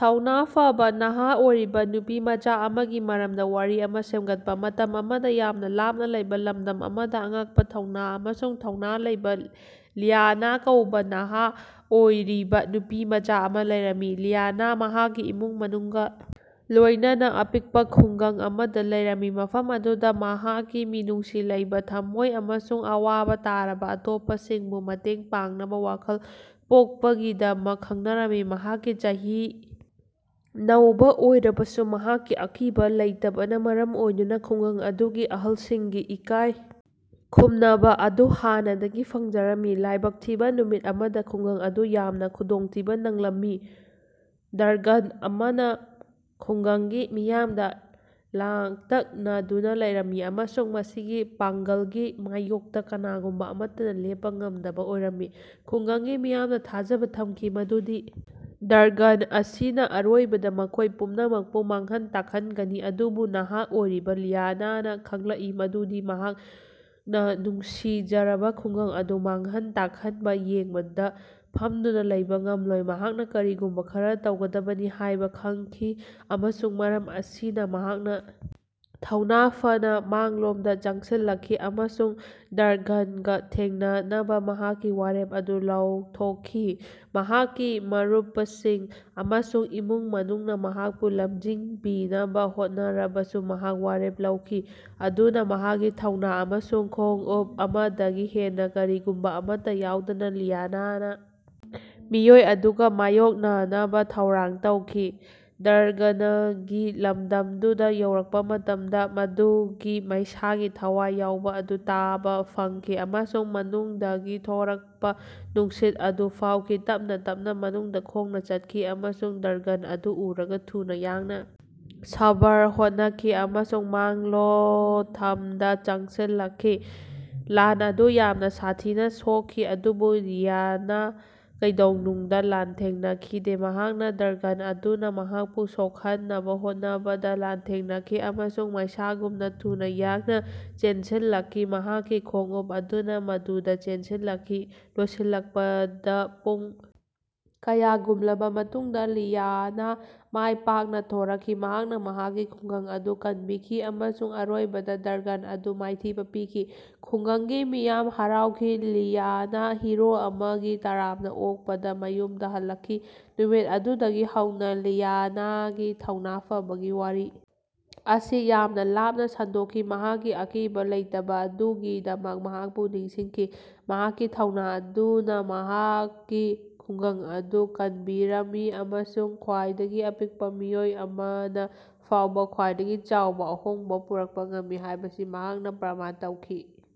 ꯊꯧꯅ ꯐꯕꯥ ꯅꯍꯥ ꯑꯣꯏꯔꯤꯕ ꯅꯨꯄꯤꯃꯆꯥ ꯑꯃꯒꯤ ꯃꯔꯝꯗ ꯋꯥꯔꯤ ꯑꯃ ꯁꯦꯝꯒꯠꯄ꯫ ꯃꯇꯝ ꯑꯃꯗ ꯌꯥꯝꯅ ꯂꯥꯞꯅ ꯂꯩꯕ ꯂꯝꯗꯝ ꯑꯃꯗ ꯑꯉꯛꯄ ꯊꯧꯅ ꯑꯃꯁꯨꯡ ꯊꯧꯅ ꯂꯩꯕ ꯂꯤꯌꯥꯅ ꯀꯧꯕ ꯅꯍꯥ ꯑꯣꯏꯔꯤꯕ ꯅꯨꯄꯤꯃꯆꯥ ꯑꯃ ꯂꯩꯔꯝꯃꯤ꯫ ꯂꯤꯌꯥꯅ ꯃꯍꯥꯛꯀꯤ ꯏꯃꯨꯡ ꯃꯅꯨꯡꯒ ꯂꯣꯏꯅꯅ ꯑꯄꯤꯛꯄ ꯈꯨꯡꯒꯪ ꯑꯃꯗ ꯂꯩꯔꯝꯃꯤ ꯃꯐꯝ ꯑꯗꯨꯗ ꯃꯍꯥꯛꯀꯤ ꯃꯤꯅꯨꯡꯁꯤ ꯂꯩꯕ ꯊꯝꯃꯣꯏ ꯑꯃꯁꯨꯡ ꯑꯋꯥꯕ ꯇꯥꯔꯕ ꯑꯇꯣꯞꯄꯁꯤꯡꯕꯨ ꯃꯇꯦꯡ ꯄꯥꯡꯅꯕ ꯋꯥꯈꯜ ꯄꯣꯛꯄꯒꯤꯗꯃꯛ ꯈꯪꯅꯔꯝꯃꯤ꯫ ꯃꯍꯥꯛꯀꯤ ꯆꯍꯤ ꯅꯧꯕ ꯑꯣꯏꯔꯕꯁꯨ ꯃꯍꯥꯛꯀꯤ ꯑꯀꯤꯕ ꯂꯩꯇꯕꯅ ꯃꯔꯝ ꯑꯣꯏꯗꯨꯅ ꯈꯨꯡꯒꯪ ꯑꯗꯨꯒꯤ ꯑꯍꯜꯁꯤꯡꯒꯤ ꯏꯀꯥꯏ ꯈꯨꯝꯅꯕ ꯑꯗꯨ ꯍꯥꯟꯅꯗꯒꯤ ꯐꯪꯖꯔꯝꯃꯤ꯫ ꯂꯥꯏꯕꯛ ꯊꯤꯕ ꯅꯨꯃꯤꯠ ꯑꯃꯗ ꯈꯨꯡꯒꯪ ꯑꯗꯨ ꯌꯥꯝꯅ ꯈꯨꯗꯣꯡꯊꯤꯕ ꯅꯪꯂꯝꯃꯤ꯫ ꯗ꯭ꯔꯒꯟ ꯑꯃꯅ ꯈꯨꯡꯒꯪꯒꯤ ꯃꯤꯌꯥꯝꯗ ꯂꯥꯡꯇꯛꯅꯗꯨꯅ ꯂꯩꯔꯝꯃꯤ ꯑꯃꯁꯨꯡ ꯃꯁꯤꯒꯤ ꯄꯥꯡꯒꯜꯒꯤ ꯃꯥꯌꯣꯛꯇ ꯀꯅꯥꯒꯨꯝꯕ ꯑꯃꯠꯇꯅ ꯂꯦꯞꯄ ꯉꯝꯗꯕ ꯑꯣꯏꯔꯝꯃꯤ꯫ ꯈꯨꯡꯒꯪꯒꯤ ꯃꯤꯌꯥꯝꯅ ꯊꯥꯖꯕ ꯊꯝꯈꯤ ꯃꯗꯨꯗꯤ ꯗ꯭ꯔꯒꯟ ꯑꯁꯤꯅ ꯑꯔꯣꯏꯕꯗ ꯃꯈꯣꯏ ꯄꯨꯝꯅꯃꯛꯄꯨ ꯃꯥꯡꯍꯟ ꯇꯥꯛꯍꯟꯒꯅꯤ꯫ ꯑꯗꯨꯕꯨ ꯅꯍꯥ ꯑꯣꯏꯔꯤꯕ ꯂꯤꯌꯥꯅꯥꯅ ꯈꯪꯂꯛꯏ ꯃꯗꯨꯗꯤ ꯃꯍꯥꯛꯅ ꯅꯨꯡꯁꯤꯖꯔꯕ ꯈꯨꯡꯒꯪ ꯑꯗꯨ ꯃꯥꯡꯍꯟ ꯇꯥꯛꯍꯟꯕ ꯌꯦꯡꯕꯗ ꯐꯝꯗꯨꯅ ꯂꯩꯕ ꯉꯝꯂꯣꯏ꯫ ꯃꯍꯥꯛꯅ ꯀꯔꯤꯒꯨꯝꯕ ꯈꯔ ꯇꯧꯒꯗꯕꯅꯤ ꯍꯥꯏꯕ ꯈꯪꯈꯤ ꯑꯃꯁꯨꯡ ꯃꯔꯝ ꯑꯁꯤꯅ ꯃꯍꯥꯛꯅ ꯊꯧꯅ ꯐꯅꯥ ꯃꯥꯡꯂꯣꯝꯗ ꯆꯪꯁꯤꯜꯂꯛꯈꯤ ꯑꯃꯁꯨꯡ ꯗ꯭ꯔꯒꯟꯒ ꯊꯦꯡꯅꯅꯕ ꯃꯍꯥꯛꯀꯤ ꯋꯥꯔꯦꯞ ꯑꯗꯨ ꯂꯥꯎꯊꯣꯛꯈꯤ꯫ ꯃꯍꯥꯛꯀꯤ ꯃꯔꯨꯄꯁꯤꯡ ꯑꯃꯁꯨꯡ ꯏꯃꯨꯡ ꯃꯅꯨꯡꯅ ꯃꯍꯥꯛꯄꯨ ꯂꯝꯖꯤꯡꯕꯤꯅꯕ ꯍꯣꯠꯅꯔꯕꯁꯨ ꯃꯍꯥꯛ ꯋꯥꯔꯦꯞ ꯂꯧꯈꯤ꯫ ꯑꯗꯨꯅ ꯃꯍꯥꯛꯀꯤ ꯊꯧꯅ ꯑꯃꯁꯨꯡ ꯈꯣꯡꯎꯞ ꯑꯃꯗꯒꯤ ꯍꯦꯟꯅ ꯀꯔꯤꯒꯨꯝꯕ ꯑꯃꯠꯇ ꯌꯥꯎꯗꯅ ꯂꯤꯌꯥꯅ ꯃꯤꯑꯣꯏ ꯑꯗꯨꯒ ꯃꯥꯌꯣꯛꯅꯅꯕꯥ ꯊꯧꯔꯥꯡ ꯇꯧꯈꯤ꯫ ꯗ꯭ꯔꯒꯅꯒꯤ ꯂꯝꯗꯝꯗꯨꯗ ꯌꯧꯔꯛꯄ ꯃꯇꯝꯗ ꯃꯗꯨꯒꯤ ꯃꯩꯁꯥꯒꯤ ꯊꯋꯥꯏ ꯌꯥꯎꯕ ꯑꯗꯨ ꯇꯥꯕ ꯐꯪꯈꯤ ꯑꯃꯁꯨꯡ ꯃꯅꯨꯡꯗꯒꯤ ꯊꯣꯔꯛꯄ ꯅꯨꯡꯁꯤꯠ ꯑꯗꯨ ꯐꯥꯎꯈꯤ꯫ ꯇꯞꯅ ꯇꯞꯅ ꯃꯅꯨꯡꯗ ꯈꯣꯡꯅ ꯆꯠꯈꯤ ꯑꯃꯁꯨꯡ ꯗ꯭ꯔꯒꯟ ꯑꯗꯨ ꯎꯔꯒ ꯊꯨꯅ ꯌꯥꯡꯅ ꯁꯕꯔ ꯍꯣꯅꯈꯤ ꯑꯃꯁꯨꯡ ꯃꯥꯡꯂꯣꯊꯝꯗ ꯆꯪꯁꯤꯜꯂꯛꯈꯤ꯫ ꯂꯥꯟ ꯑꯗꯨ ꯌꯥꯝꯅ ꯁꯥꯊꯤꯅ ꯁꯣꯛꯈꯤ ꯑꯗꯨꯕꯨ ꯂꯤꯌꯥꯅ ꯀꯩꯗꯧꯅꯨꯡꯗ ꯂꯥꯟꯊꯦꯡꯅꯈꯤꯗꯦ꯫ ꯃꯍꯥꯛꯅꯥ ꯗ꯭ꯔꯒꯟ ꯑꯗꯨꯅ ꯃꯍꯥꯛꯄꯨ ꯁꯣꯛꯍꯟꯅꯕ ꯍꯣꯠꯅꯕꯗ ꯂꯥꯟꯊꯦꯡꯅꯈꯤ ꯑꯃꯁꯨꯡ ꯃꯩꯁꯥꯒꯨꯝꯅ ꯊꯨꯅ ꯌꯥꯡꯅ ꯆꯦꯟꯁꯤꯜꯂꯛꯈꯤ ꯃꯍꯥꯛꯀꯤ ꯈꯣꯡꯎꯞ ꯑꯗꯨꯅ ꯃꯗꯨꯗ ꯆꯦꯟꯁꯤꯜꯂꯛꯈꯤ꯫ ꯂꯣꯏꯁꯤꯜꯂꯛꯄꯗ ꯄꯨꯡ ꯀꯌꯥꯒꯨꯝꯂꯕ ꯃꯇꯨꯡꯗ ꯂꯤꯌꯥꯅ ꯃꯥꯏꯄꯥꯛꯅ ꯊꯣꯔꯛꯈꯤ꯫ ꯃꯍꯥꯛꯅ ꯃꯍꯥꯛꯀꯤ ꯈꯨꯡꯒꯪ ꯑꯗꯨ ꯀꯟꯕꯤꯈꯤ ꯑꯃꯁꯨꯡ ꯑꯔꯣꯏꯕꯗ ꯗ꯭ꯔꯒꯟ ꯑꯗꯨ ꯃꯥꯏꯊꯤꯕ ꯄꯤꯈꯤ꯫ ꯈꯨꯡꯒꯪꯒꯤ ꯃꯤꯌꯥꯝ ꯍꯔꯥꯎꯈꯤ ꯂꯤꯌꯥꯅ ꯍꯤꯔꯣ ꯑꯃꯒꯤ ꯇꯔꯥꯝꯅ ꯑꯣꯛꯄꯗ ꯃꯌꯨꯝꯗ ꯍꯜꯂꯛꯈꯤ꯫ ꯅꯨꯃꯤꯠ ꯑꯗꯨꯗꯒꯤ ꯍꯧꯅ ꯂꯤꯌꯥꯅꯥꯒꯤ ꯊꯧꯅ ꯐꯕꯒꯤ ꯋꯥꯔꯤ ꯑꯁꯤ ꯌꯥꯝꯅ ꯂꯥꯞꯅ ꯁꯟꯗꯣꯛꯈꯤ ꯃꯍꯥꯛꯀꯤ ꯑꯀꯤꯕꯥ ꯂꯩꯇꯕꯥ ꯑꯗꯨꯒꯤꯗꯃꯛ ꯃꯍꯥꯛꯄꯨ ꯅꯤꯡꯁꯤꯡꯈꯤ꯫ ꯃꯍꯥꯛꯀꯤ ꯊꯧꯅ ꯑꯗꯨꯅ ꯃꯍꯥꯛꯀꯤ ꯈꯨꯡꯒꯪ ꯑꯗꯨ ꯀꯟꯕꯤꯔꯝꯃꯤ ꯑꯃꯁꯨꯡ ꯈ꯭ꯋꯥꯏꯗꯒꯤ ꯑꯄꯤꯛꯄ ꯃꯤꯑꯣꯏ ꯑꯃꯅ ꯐꯥꯎꯕ ꯈ꯭ꯋꯥꯏꯗꯒꯤ ꯆꯥꯎꯕ ꯑꯍꯣꯡꯕ ꯄꯨꯔꯛꯄ ꯉꯝꯃꯤ ꯍꯥꯏꯕꯁꯤ ꯃꯍꯥꯛꯅ ꯄꯔꯃꯥꯟ ꯇꯧꯈꯤ꯫